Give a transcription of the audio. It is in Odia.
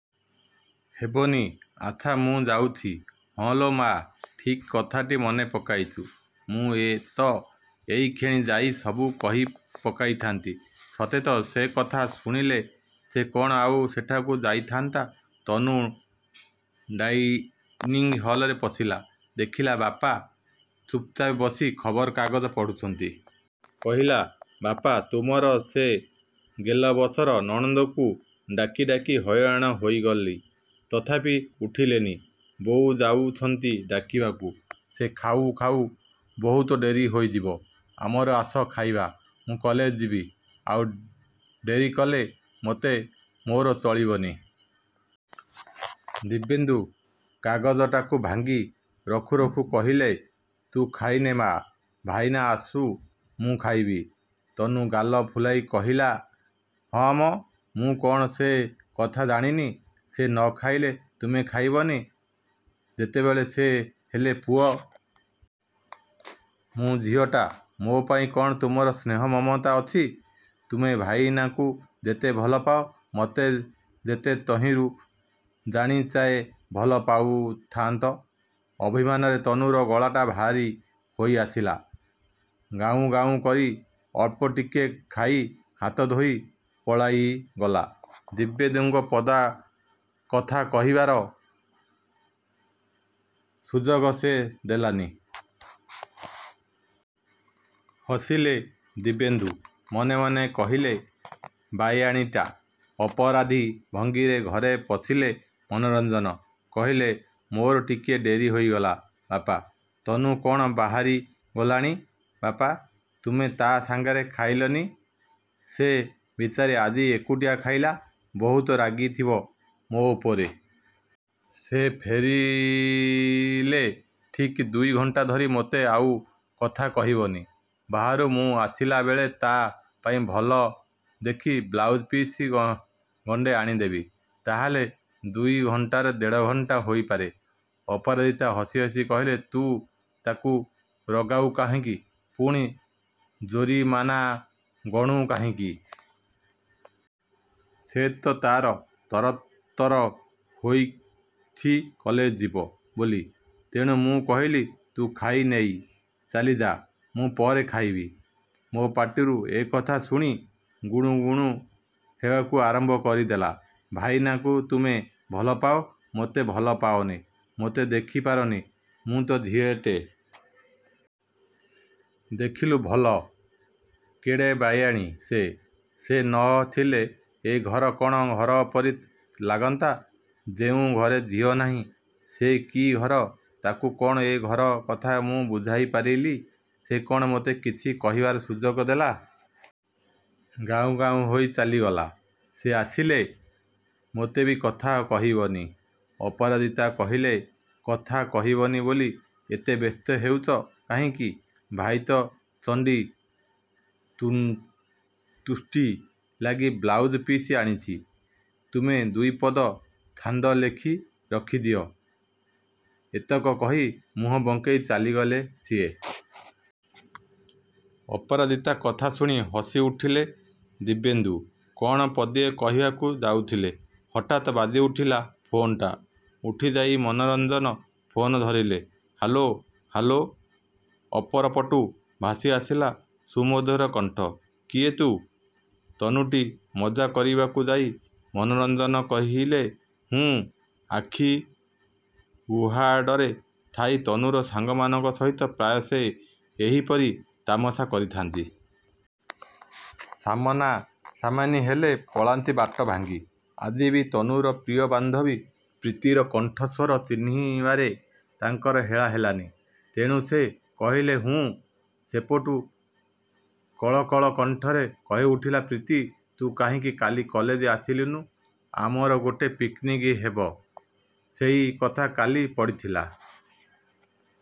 ହେବନି? ଆଚ୍ଛା, ମୁଁ ଯାଉଛି। ହଁ ଲୋ ମାଆ, ଠିକ୍ କଥାଟି ମନେ ପକାଇଛୁ। ମୁଁ ତ ଏଇକ୍ଷଣି ଯାଇ ସବୁ କହିପକାଇଥାନ୍ତି। ସତେ ତ, ସେ କଥା ଶୁଣିଲେ ସେ କ'ଣ ଆଉ ସେଠାକୁ ଯାଇଥାନ୍ତା ତନୁ ଡାଇନିଂ ହଲରେ ପଶିଲା। ଦେଖିଲା, ବାପା ଚୁପଚାପ ବସି ଖବରକାଗଜ ପଢ଼ୁଛନ୍ତି। କହିଲା, "ବାପା, ତୁମର ସେ ଗେଲବସର ନନ୍ଦନଙ୍କୁ ଡାକି ଡାକି ହଇରାଣ ହୋଇଗଲି। ତଥାପି ଉଠିଲେନି। ବୋଉ ଯାଇଛନ୍ତି ଡାକିବାକୁ, ସେ ଖାଉ ଖାଉ ବହୁତ ଡେରି ହୋଇଯିବ। ଆମର ଆସ, ଖାଇବା, ମୁଁ କଲେଜ ଯିବି। ଆଉ ଡେରି କଲେ ମୋଟେ ମୋର ଚଳିବନି। ଦିବ୍ୟେନ୍ଦୁ କାଗଜଟାକୁ ଭାଙ୍ଗି ରଖୁ ରଖୁ କହିଲେ, "ତୁ ଖାଇନେ, ମାଆ। ଭାଇନା ଆସୁ, ମୁଁ ଖାଇବି। ତନୁ ଗାଲ ଫୁଲାଇ କହିଲା, "ହଁ ମ, ମୁଁ କ'ଣ ସେ କଥା ଜାଣିନି? ସେ ନ ଖାଇଲେ ତୁମେ ଖାଇବନି! ଯେତେବେଳେ ସେ ହେଲେ ପୁଅ। ମୁଁ ଝିଅଟା, ମୋ ପାଇଁ କ'ଣ ତୁମର ସ୍ନେହ-ମମତା ଅଛି? ତୁମେ ଭାଇନାଙ୍କୁ ଯେତେ ଭଲପାଅ, ମୋତେ ଯେବେ ତହିଁରୁ କା ଜାଣିଚାଏ ଭଲପାଉଥାନ୍ତ! ଅଭିମାନରେ ତନୁର ଗଳାଟା ଭାରି ହୋଇଆସିଲା। ଗାଉଁ ଗାଉଁ କରି ଅଳ୍ପଟିକେ ଖାଇ, ହାତ ଧୋଇ ପଳାଇଗଲା। ଦିବ୍ୟେନ୍ଦୁଙ୍କୁ ପଦା କଥା କହିବାର ସୁଯୋଗ ସେ ଦେଲାନି। ହସିଲେ ଦିବ୍ୟେନ୍ଦୁ। ମନେ ମନେ କହିଲେ, ବାୟାଣୀଟା। ଅପରାଧୀ ଭଙ୍ଗୀରେ ଘରେ ପଶିଲେ ମନୋରଞ୍ଜନ। କହିଲେ, "ମୋର ଟିକିଏ ଡେରି ହୋଇଗଲା, ବାପା। ତନୁ କ'ଣ ବାହାରିଗଲାଣି? ବାପା, ତୁମେ ତା' ସାଙ୍ଗରେ ଖାଇଲନି? ସେ ବିଚାରୀ ଆଜି ଏକୁଟିଆ ଖାଇଲା। ବହୁତ ରାଗିଥିବ ମୋ ଉପରେ। ସେ ଫେରିଲେ ଠିକ୍ ଦୁଇ ଘଣ୍ଟା ଧରି ମୋତେ ଆଉ କଥା କହିବନି। ବାହାରୁ ମୁଁ ଆସିଲା ବେଳେ ତା' ପାଇଁ ଭଲ ଦେଖି ବ୍ଲାଉଜ୍-ପିସ୍ ଗଣ୍ଡେ ଆଣିଥିବି। ତାହାହେଲେ ଦୁଇ ଘଣ୍ଟାଟା ଦେଢ଼ ଘଣ୍ଟା ହୋଇପାରେ। ଅପରାଜିତା ହସି ହସି କହିଲେ, ତୁ ତାକୁ ରଗାଉ କାହିଁକି, ପୁଣି ଜୋରିମାନା ଗଣୁ କାହିଁକି? ସେ ତ ତା'ର ତରତର ହେଉଛି କଲେଜ ଯିବ ବୋଲି। ତେଣୁ ମୁଁ କହିଲି, 'ତୁ ଖାଇନେଇ ଚାଲିଯା, ମୁଁ ପରେ ଖାଇବି।' ମୋ ପାଟିରୁ ଏ କଥା ଶୁଣି ଗୁଣୁ ଗୁଣୁ ହେବାକୁ ଆରମ୍ଭ କରିଦେଲା 'ଭାଇନାଙ୍କୁ ତୁମେ ଭଲପାଅ, ମୋତେ ଭଲପାଅନି, ମୋତେ ଦେଖିପାରନି, ମୁଁ ତ ଝିଅଟେ।' ଦେଖିଲୁ ଭଲ, କେଡ଼େ ବାୟାଣୀ ସେ! ସେ ନ ଥିଲେ ଏ ଘର କ'ଣ ଘର ପରି ଲାଗନ୍ତା! ଯେଉଁ ଘରେ ଝିଅ ନାହିଁ, ସେ କି ଘର! ତାକୁ କ'ଣ ଏ ଘର କଥା ମୁଁ ବୁଝାଇପାରିଲି? ସେ କ'ଣ ମୋତେ କିଛି କହିବାର ସୁଯୋଗ ଦେଲା? ଗାଉଁ ଗାଉଁ ହୋଇ ଚାଲିଗଲା। ସେ ଆସିଲେ ମୋତେ ବି କଥା କହିବନି। ଅପରାଜିତା କହିଲେ, "କଥା କହିବନି ବୋଲି ଏତେ ବ୍ୟସ୍ତ ହେଉଛ କାହିଁକି? ଭାଇ ତ ଚଣ୍ଡୀ ତୁଷ୍ଟି ଲାଗି ବ୍ଲାଉଜ୍-ପିସ୍ ଆଣୁଛି, ତୁମେ ଦୁଇପଦ ଛାନ୍ଦ ଲେଖି ରଖିଦିଅ।" ଏତକ କହି ମୁହଁ ବଙ୍କେଇ ଚାଲିଗଲେ ସିଏ। ଅପରାଜିତାଙ୍କ କଥା ଶୁଣି ହସିଉଠିଲେ ଦିବ୍ୟେନ୍ଦୁ। କ'ଣ ପଦିଏ କହିବାକୁ ଯାଉଥିଲେ, ହଠାତ୍ ବାଜିଉଠିଲା ଫୋନ୍‌ଟା। ଉଠିଯାଇ ମନୋରଞ୍ଜନ ଫୋନ୍ ଧରିଲେ। Hello, hello. ଅପରପଟୁ ଭାସିଆସିଲା ସୁମଧୁର କଣ୍ଠ, "କିଏ ତୁ? ତନୁଟି? ମଜା କରିବାକୁ ଯାଇ ମନୋରଞ୍ଜନ କହିଲେ, ହୁଁ। ଆଖି ଉହାଡ଼ରେ ଥାଇ ତନୁର ସାଙ୍ଗମାନଙ୍କ ସହିତ ପ୍ରାୟ ସେ ଏହିପରି ତାମସା କରିଥାନ୍ତି। ସାମନାସାମନି ହେଲେ ପଳାନ୍ତି ବାଟ ଭାଙ୍ଗି। ଆଜି ବି ତନୁର ପ୍ରିୟ ବାନ୍ଧବୀ ପ୍ରୀତିର କଣ୍ଠସ୍ୱର ଚିହ୍ନିବାରେ ତାଙ୍କର ହେଳା ହେଲାନି। ତେଣୁ ସେ କହିଲେ, ହୁଁ। ସେପଟୁ କଳକଳ କଣ୍ଠରେ କହିଉଠିଲା ପ୍ରୀତି "ତୁ କାହିଁକି କାଲି କଲେଜ ଆସିଲୁନି? ଆମର ଗୋଟେ ପିକ୍‌ନିକ୍ ହେବ, ସେଇ କଥା କାଲି ପଡ଼ିଥିଲା।